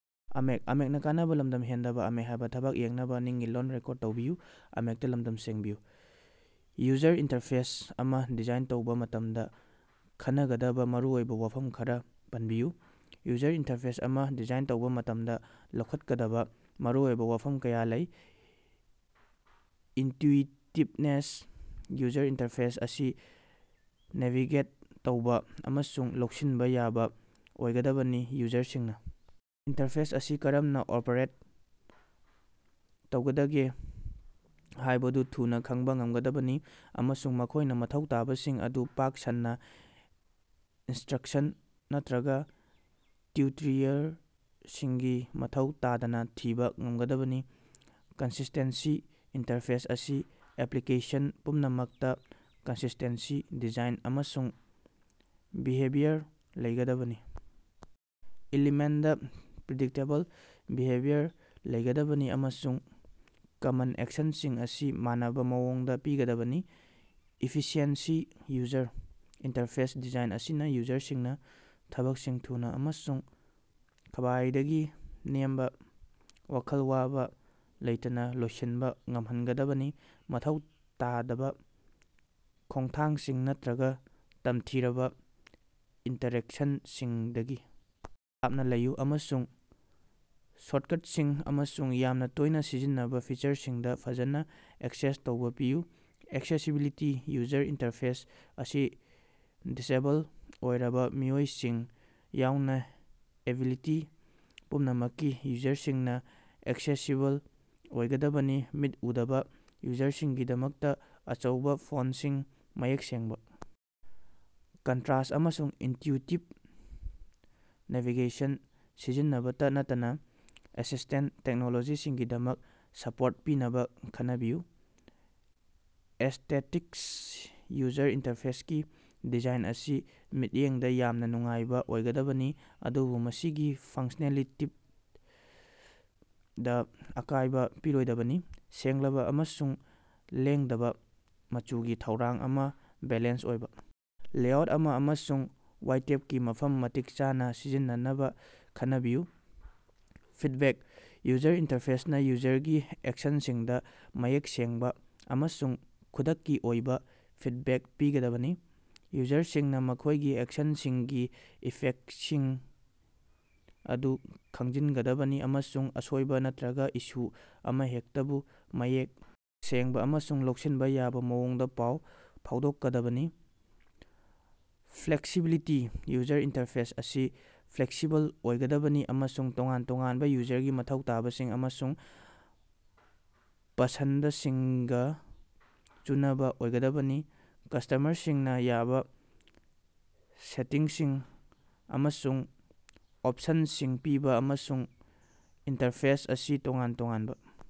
User interface ꯑꯃ design ꯇꯧꯕ ꯃꯇꯝꯗ ꯈꯟꯅꯒꯗꯕ ꯃꯔꯨꯑꯣꯏꯕ ꯋꯥꯐꯝ ꯈꯔ ꯄꯟꯕꯤꯌꯨ꯫ ꯌꯨꯖꯔ ꯏꯟꯇꯔꯐꯦꯁ ꯑꯃ ꯗꯤꯖꯥꯏꯟ ꯇꯧꯕ ꯃꯇꯝꯗ, ꯂꯧꯈꯠꯀꯗꯕ ꯃꯔꯨꯑꯣꯏꯕ ꯋꯥꯐꯝ ꯀꯌꯥ ꯂꯩ: ꯏꯟꯇ꯭ꯌꯨꯏꯇꯤꯚꯅꯦꯁ: ꯌꯨꯖꯔ ꯏꯟꯇꯔꯐꯦꯁ ꯑꯁꯤ ꯅꯦꯚꯤꯒꯦꯠ ꯇꯧꯕ ꯑꯃꯁꯨꯡ ꯂꯧꯁꯤꯟꯕ ꯌꯥꯕ ꯑꯣꯏꯒꯗꯕꯅꯤ꯫ ꯌꯨꯖꯔꯁꯤꯡꯅ ꯏꯟꯇꯔꯐꯦꯁ ꯑꯁꯤ ꯀꯔꯝꯅ ꯑꯣꯄꯔꯦꯠ ꯇꯧꯒꯗꯒꯦ ꯍꯥꯏꯕꯗꯨ ꯊꯨꯅ ꯈꯪꯕ ꯉꯝꯒꯗꯕꯅꯤ ꯑꯃꯁꯨꯡ ꯃꯈꯣꯏꯅ ꯃꯊꯧ ꯇꯥꯕꯁꯤꯡ ꯑꯗꯨ ꯄꯥꯛ ꯁꯟꯅ ꯏꯟꯁ꯭ꯇꯔꯛꯁꯟ ꯅꯠꯇ꯭ꯔꯒ ꯇ꯭ꯌꯨꯇꯔꯤꯌꯔꯁꯤꯡꯒꯤ ꯃꯊꯧ ꯇꯥꯗꯅ ꯊꯤꯕ ꯉꯝꯒꯗꯕꯅꯤ꯫ ꯀꯟꯁꯤꯁ꯭ꯇꯦꯟꯁꯤ: ꯏꯟꯇꯔꯐꯦꯁ ꯑꯁꯤ ꯑꯦꯄ꯭ꯂꯤꯀꯦꯁꯟ ꯄꯨꯝꯅꯃꯛꯇ ꯀꯟꯁꯤꯁ꯭ꯇꯦꯟꯁꯤ ꯗꯤꯖꯥꯏꯟ ꯑꯃꯁꯨꯡ ꯕꯤꯍꯦꯕꯤꯌꯔ ꯂꯩꯒꯗꯕꯅꯤ꯫ ꯏꯂꯤꯃꯦꯟꯇꯁꯤꯡꯗ ꯄ꯭ꯔꯤꯗꯤꯛꯇꯦꯕꯜ ꯕꯤꯍꯦꯕꯤꯌꯔ ꯂꯩꯒꯗꯕꯅꯤ, ꯑꯃꯁꯨꯡ ꯀꯃꯟ ꯑꯦꯛꯁꯟꯁꯤꯡ ꯑꯁꯤ ꯃꯥꯟꯅꯕ ꯃꯑꯣꯡꯗ ꯄꯤꯒꯗꯕꯅꯤ꯫ ꯏꯐꯤꯁꯤꯑꯦꯟꯁꯤ: ꯌꯨꯖꯔ ꯏꯟꯇꯔꯐꯦꯁ ꯗꯤꯖꯥꯏꯟ ꯑꯁꯤꯅ ꯌꯨꯖꯔꯁꯤꯡꯅ ꯊꯕꯛꯁꯤꯡ ꯊꯨꯅ ꯑꯃꯁꯨꯡ ꯈ꯭ꯕꯥꯏꯗꯒꯤ ꯅꯦꯝꯕ ꯋꯥꯈꯜ ꯋꯥꯕ ꯂꯩꯇꯅ ꯂꯣꯏꯁꯤꯟꯕ ꯉꯝꯍꯟꯒꯗꯕꯅꯤ꯫ ꯃꯊꯧ ꯇꯥꯗꯕ ꯈꯣꯡꯊꯥꯡꯁꯤꯡ ꯅꯠꯇ꯭ꯔꯒ ꯇꯝꯊꯤꯔꯕ ꯏꯟꯇꯔꯦꯛꯁꯟꯁꯤꯡꯗꯒꯤ ꯂꯥꯞꯅ ꯂꯩꯌꯨ, ꯑꯃꯁꯨꯡ ꯁꯣꯔꯇꯀꯠꯁꯤꯡ ꯑꯃꯁꯨꯡ ꯌꯥꯝꯅ ꯇꯣꯏꯅ ꯁꯤꯖꯤꯟꯅꯕ ꯐꯤꯆꯔꯁꯤꯡꯗ ꯐꯖꯅ ꯑꯦꯛꯁꯦꯁ ꯇꯧꯕ ꯄꯤꯌꯨ꯫ ꯑꯦꯛꯁꯦꯁꯤꯕꯤꯂꯤꯇꯤ: ꯌꯨꯖꯔ ꯏꯟꯇꯔꯐꯦꯁ ꯑꯁꯤ ꯗꯤꯁꯑꯦꯕꯜ ꯑꯣꯏꯔꯕ ꯃꯤꯑꯣꯏꯁꯤꯡ ꯌꯥꯎꯅ ꯑꯦꯕꯤꯂꯤꯇꯤ ꯄꯨꯝꯅꯃꯛꯀꯤ ꯌꯨꯖꯔꯁꯤꯡꯅ ꯑꯦꯛꯁꯦꯁꯤꯕꯜ ꯑꯣꯏꯒꯗꯕꯅꯤ꯫ ꯃꯤꯠ ꯎꯗꯕ ꯌꯨꯖꯔꯁꯤꯡꯒꯤꯗꯃꯛꯇ ꯑꯆꯧꯕ ꯐꯣꯟꯇꯁꯤꯡ, ꯃꯌꯦꯛ ꯁꯦꯡꯕ ꯀꯟꯇ꯭ꯔꯥꯁ ꯑꯃꯁꯨꯡ ꯏꯟꯇ꯭ꯌꯨꯏꯇꯤꯕ ꯅꯦꯚꯤꯒꯦꯁꯟ ꯁꯤꯖꯤꯟꯅꯕꯇ ꯅꯠꯇꯅ ꯑꯦꯁꯤꯁ꯭ꯇꯦꯟꯇ ꯇꯦꯛꯅꯣꯂꯣꯖꯤꯁꯤꯡꯒꯤꯗꯃꯛ ꯁꯄꯣꯔꯠ ꯄꯤꯅꯕ ꯈꯟꯅꯕꯤꯌꯨ꯫ ꯑꯦꯁ꯭ꯇꯦꯇꯤꯛꯁ: ꯌꯨꯖꯔ ꯏꯟꯇꯔꯐꯦꯁꯀꯤ ꯗꯤꯖꯥꯏꯟ ꯑꯁꯤ ꯃꯤꯠꯌꯦꯡꯗ ꯌꯥꯝꯅ ꯅꯨꯡꯉꯥꯏꯕ ꯑꯣꯏꯒꯗꯕꯅꯤ, ꯑꯗꯨꯕꯨ ꯃꯁꯤꯒꯤ ꯐꯪꯁꯅꯦꯂꯤꯇꯤꯗ ꯑꯀꯥꯏꯕ ꯄꯤꯔꯣꯏꯗꯕꯅꯤ꯫ ꯁꯦꯡꯂꯕ ꯑꯃꯁꯨꯡ ꯂꯦꯡꯗꯕ ꯃꯆꯨꯒꯤ ꯊꯧꯔꯥꯡ ꯑꯃ, ꯕꯦꯂꯦꯟꯁ ꯑꯣꯏꯕ ꯂꯦꯑꯥꯎꯠ ꯑꯃ ꯑꯃꯁꯨꯡ ꯋꯥꯏꯇꯦꯞꯀꯤ ꯃꯐꯝ ꯃꯇꯤꯛ ꯆꯥꯅ ꯁꯤꯖꯤꯟꯅꯅꯕ ꯈꯟꯅꯕꯤꯌꯨ꯫ ꯐꯤꯗꯕꯦꯛ: ꯌꯨꯖꯔ ꯏꯟꯇꯔꯐꯦꯁꯅ ꯌꯨꯖꯔꯒꯤ ꯑꯦꯛꯁꯟꯁꯤꯡꯗ ꯃꯌꯦꯛ ꯁꯦꯡꯕ ꯑꯃꯁꯨꯡ ꯈꯨꯗꯛꯀꯤ ꯑꯣꯏꯕ ꯐꯤꯗꯕꯦꯛ ꯄꯤꯒꯗꯕꯅꯤ꯫ ꯌꯨꯖꯔꯁꯤꯡꯅ ꯃꯈꯣꯏꯒꯤ ꯑꯦꯛꯁꯟꯁꯤꯡꯒꯤ ꯏꯐꯦꯛꯇꯁꯤꯡ ꯑꯗꯨ ꯈꯪꯖꯤꯟꯒꯗꯕꯅꯤ, ꯑꯃꯁꯨꯡ ꯑꯁꯣꯏꯕ ꯅꯠꯇ꯭ꯔꯒ ꯏꯁꯨ ꯑꯃꯍꯦꯛꯇꯕꯨ ꯃꯌꯦꯛ ꯁꯦꯡꯕ ꯑꯃꯁꯨꯡ ꯂꯧꯁꯤꯟꯕ ꯌꯥꯕ ꯃꯑꯣꯡꯗ ꯄꯥꯎ ꯐꯥꯎꯗꯣꯛꯀꯗꯕꯅꯤ꯫ ꯐ꯭ꯂꯦꯛꯁꯤꯕꯤꯂꯤꯇꯤ: ꯌꯨꯖꯔ ꯏꯟꯇꯔꯐꯦꯁ ꯑꯁꯤ ꯐ꯭ꯂꯦꯛꯁꯤꯕꯜ ꯑꯣꯏꯒꯗꯕꯅꯤ ꯑꯃꯁꯨꯡ ꯇꯣꯉꯥꯟ ꯇꯣꯉꯥꯟꯕ ꯌꯨꯖꯔꯒꯤ ꯃꯊꯧ ꯇꯥꯕꯁꯤꯡ ꯑꯃꯁꯨꯡ ꯄꯁꯟꯗꯁꯤꯡꯒꯥ ꯆꯨꯅꯕꯥ ꯑꯣꯏꯒꯗꯕꯅꯤ꯫ ꯀꯁ꯭ꯇꯃꯔꯁꯤꯡꯅ ꯌꯥꯕ ꯁꯦꯇꯤꯡꯁꯤꯡ ꯑꯃꯁꯨꯡ ꯑꯣꯞꯁꯟꯁꯤꯡ ꯄꯤꯕ ꯑꯃꯁꯨꯡ ꯏꯟꯇꯔꯐꯦꯁ ꯑꯁꯤ ꯇꯣꯉꯥꯟ-ꯇꯣꯉꯥꯟꯕ